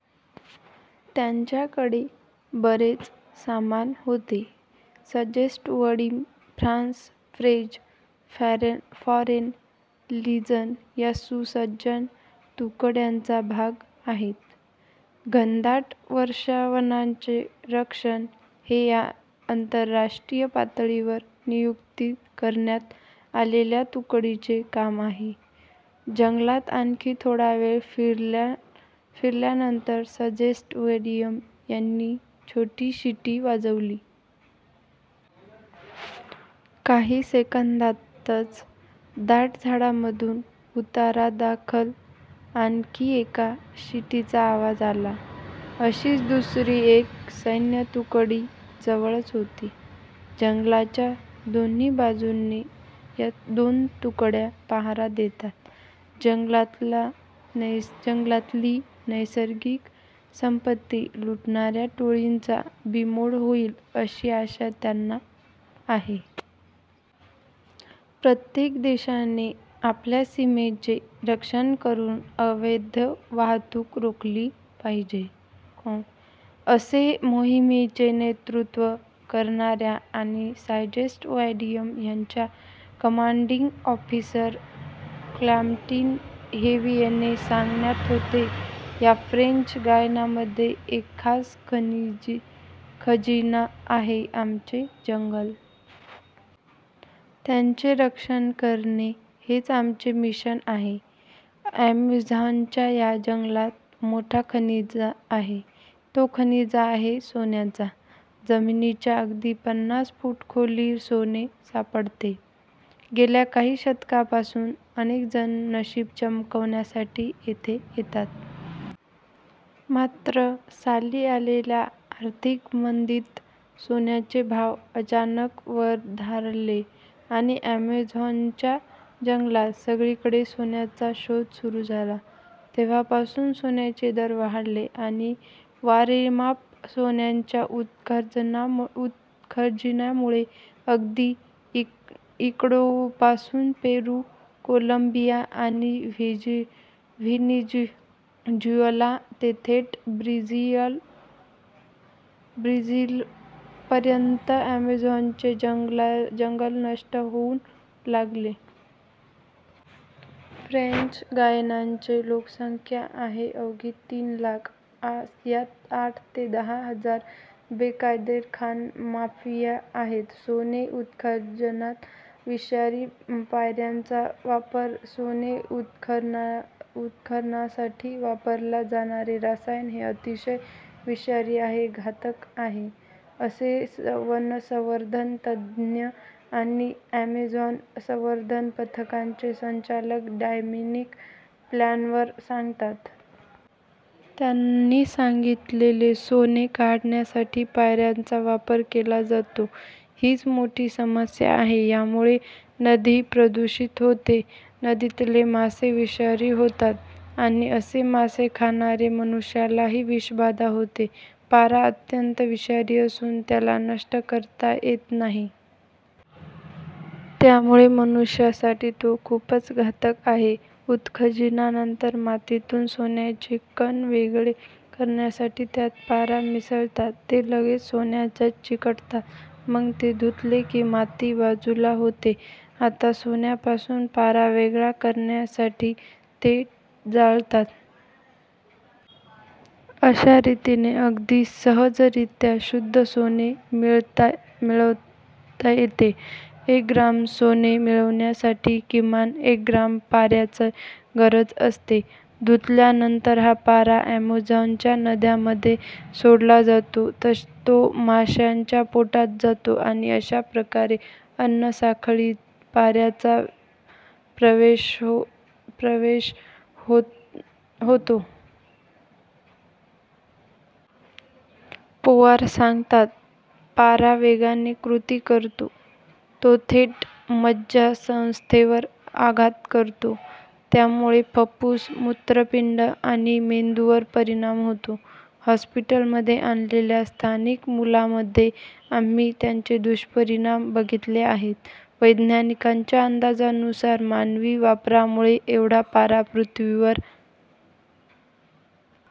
त्यांच्याकडे बरेच सामान होते." Sergeant Vadim France 'French foreign legion' या सुसज्ज तुकडीचा भाग आहेत. घनदाट वर्षावनाचे रक्षण हे या आंतरराष्ट्रीय पातळीवर नियुक्त करण्यात आलेल्या तुकडीचे काम आहे. जंगलात आणखी थोडा वेळ फिरल्यानंतर सार्जंट वॅडिम यांनी छोटी शिटी वाजवली. काही सेकंदांतच दाट झाडांमधून उत्तरादाखल आणखी एका शिटीचा आवाज आला. अशीच दुसरी एक सैन्यतुकडी जवळच होती. जंगलाच्या दोन्ही बाजूंनी या दोन तुकड्या पहारा देतात. जंगलातली नैसर्गिक संपत्ती लुटणाऱ्या टोळ्यांचा बीमोड होईल, अशी आशा त्यांना आहे. "प्रत्येक देशाने आपल्या सीमांचे रक्षण करून अवैध वाहतूक रोखली पाहिजे," असे मोहिमेचे नेतृत्व करणारे आणि सार्जंट वॅडिम यांचे कमांडिंग ऑफिसर कॅप्टन व्हिएने सांगत होते. "या फ्रेंच गयानामध्ये एक खास खजिना आहे. आमचे जंगल. त्याचे रक्षण करणे हेच आमचे मिशन आहे." अमेझॉनच्या या जंगलात मोठा खजिना आहे. तो खजिना आहे सोन्याचा. जमिनीच्या अगदी पन्नास फूट खाली सोने सापडते. गेल्या काही शतकांपासून अनेक जण नशीब चमकवण्यासाठी इथे येतात. मात्र साली आलेल्या आर्थिक मंदीत सोन्याचे भाव अचानक वधारले आणि ॲमेझॉनच्या जंगलात सगळीकडे सोन्याचा शोध सुरू झाला. तेव्हापासून सोन्याचे दर वाढले आणि वारेमाप सोने उत्खननामुळे अगदी इक्वाडोरपासून पेरू, कोलंबिया आणि व्हेनेझुएला ते थेट ब्राझीलपर्यंत ॲमेझॉनचे जंगल नष्ट होऊ लागले. फ्रेंच गयानाची लोकसंख्या आहे अवघी तीन लाख. यात आठ ते दहा हजार बेकायदा खाण माफिया आहेत. सोने उत्खननात विषारी पाऱ्याचा वापर - सोने उत्खननासाठी वापरले जाणारे रसायन हे अतिशय विषारी आणि घातक असते, असे वनसंवर्धन तज्ज्ञ आणि ॲमेझॉन संवर्धन पथकाचे संचालक डॉमनिक प्लोवर सांगतात. त्यांनी सांगितले, "सोने काढण्यासाठी पाऱ्याचा वापर केला जातो. हीच मोठी समस्या आहे. यामुळे नदी प्रदूषित होते. नदीतले मासे विषारी होतात आणि असे मासे खाणाऱ्या मनुष्यालाही विषबाधा होते." पारा अत्यंत विषारी असून त्याला नष्ट करता येत नाही. त्यामुळे मनुष्यासाठी तो खूपच घातक आहे. उत्खननानंतर मातीतून सोन्याचे कण वेगळे करण्यासाठी त्यात पारा मिसळतात. ते लगेच सोन्याला चिकटतात. मग ते धुतले की माती बाजूला होते. आता सोन्यापासून पारा वेगळा करण्यासाठी ते जाळतात. अशा रीतीने अगदी सहजगत्या शुद्ध सोने मिळवता येते. एक ग्रॅम सोने मिळवण्यासाठी किमान एक ग्रॅम पाऱ्याची गरज असते. धुतल्यानंतर हा पारा ॲमेझॉनच्या नद्यांमध्ये सोडला जातो. तो माशांच्या पोटात जातो आणि अशा प्रकारे अन्नसाखळीत पाऱ्याचा प्रवेश होतो. पोवर सांगतात, "पारा वेगाने कृती करतो. तो थेट मज्जासंस्थेवर आघात करतो. त्यामुळे फुप्फुस, मूत्रपिंड आणि मेंदूवर परिणाम होतो. हॉस्पिटलमध्ये आणलेल्या स्थानिक मुलांमध्ये आम्ही याचे दुष्परिणाम बघितले आहेत." वैज्ञानिकांच्या अंदाजानुसार मानवी वापरामुळे जेवढा पारा पृथ्वीवर